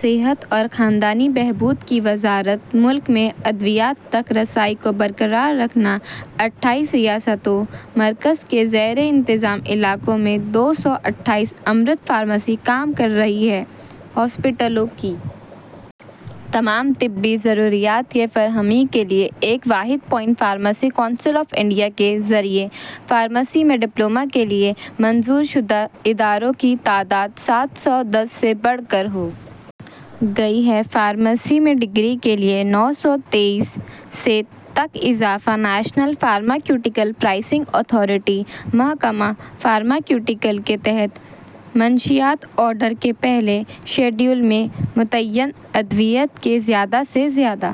صحت اور خاندانی بہبود کی وزارت ملک میں ادویات تک رسائی کو برقرار رکھنا اٹھائیس ریاستوں مرکز کے زیر انتظام علاقوں میں دو سو اڑتیس امرت فارمیسی کام کر رہی ہے ہسپتالوں کی تمام طبی ضروریات کی فراہمی کے لیے ایک واحد point pharmacy council of India کے ذریعہ فارمیسی میں ڈپلومہ کے لیے منظور شدہ اداروں کی تعداد سات سو دس سے بڑھ کر ہو گئی ہے فارمیسی میں ڈگری کے لیے نو سو تیس سے تک اضافہ نیشنل فارماسیوٹیکل پرائسنگ اتھارٹی محکمہ فارماسیوٹیکل کے تحت منشیات آرڈر کے پہلے شیڈول میں متعین ادویات کی زیادہ سے زیادہ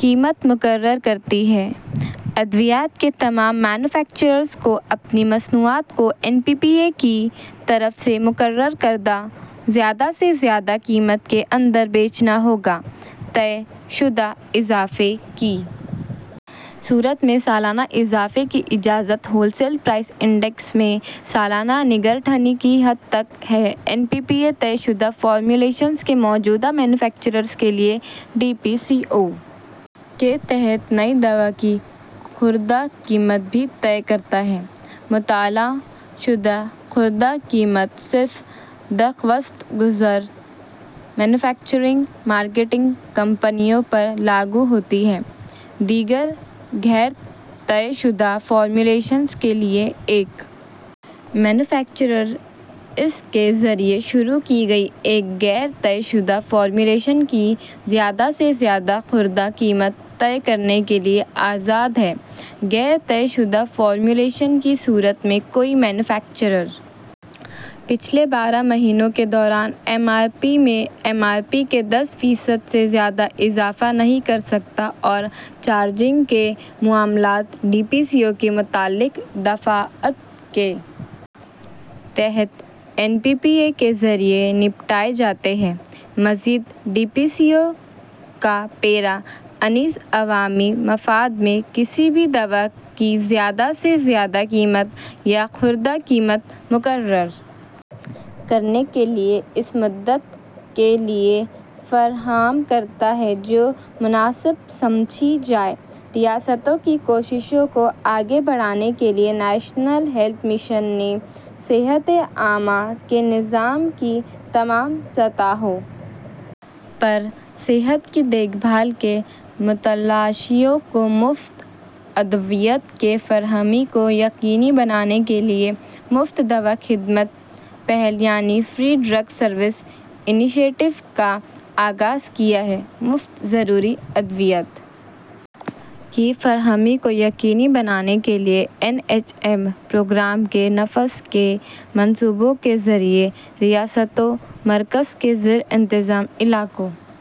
قیمت مقرر کرتی ہے ادویات کے تمام مینوفیکچررز کو اپنی مصنوعات کو این پی پی اے کی طرف سے مقرر کردہ زیادہ سے زیادہ قیمت کے اندر بیچنا ہوگا طے شدہ اضافے کی صورت میں سالانہ اضافے کی اجازت ہول سیل پرائس انڈیکس میں سالانہ نظرثانی کی حد تک ہے این پی پی اے طے شدہ فارمولیشنز کے موجودہ مینوفیکچررز کے لیے ڈی پی سی او کے تحت نئی دوا کی خوردہ قیمت بھی طے کرتا ہے مطلع شدہ خوردہ قیمت صرف درخواست گزار مینوفیکچرنگ مارکیٹنگ کمپنیوں پر لاگو ہوتی ہے دیگر غیر طے شدہ فارمولیشنوں کے لیے ایک مینوفیکچرر اس کے ذریعہ شروع کی گئی ایک غیر طے شدہ فارمولیشن کی زیادہ سے زیادہ خوردہ قیمت طے کرنے کے لیے آزاد ہے غیر طے شدہ فارمولیشن کی صورت میں کوئی مینوفیکچرر پچھلے بارہ مہینوں کے دوران ایم آر پی میں ایم آر پی کے دس فیصد سے زیادہ اضافہ نہیں کر سکتا اوور چارجنگ کے معاملات ڈی پی سی او کی متعلقہ دفعات کے تحت این پی پی اے کے ذریعے نمٹائے جاتے ہیں مزید ڈی پی سی او کا پیرا انیس عوامی مفاد میں کسی بھی دوا کی زیادہ سے زیادہ قیمت یا خوردہ قیمت مقرر کرنے کے لیے اس مدت کے لیے فراہم کرتا ہے جو مناسب سمجھی جائے ریاستوں کی کوششوں کو آگے بڑھانے کے لیے نیشنل ہیلتھ مشن نے صحت عامہ کے نظام کی تمام سطحوں پر صحت کی دیکھ بھال کے متلاشیوں کو مفت ادویات کی فراہمی کو یقینی بنانے کے لیے مفت دوا خدمت پہل یعنی فری ڈرگز سروس انیشیٹو کا آغاز کیا ہے مفت ضروری ادویات کی فراہمی کو یقینی بنانے کے لیے این ایچ ایم پروگرام کے نفاذ کے منصوبوں کے ذریعے ریاستوں مرکز کے زیر انتظام علاقوں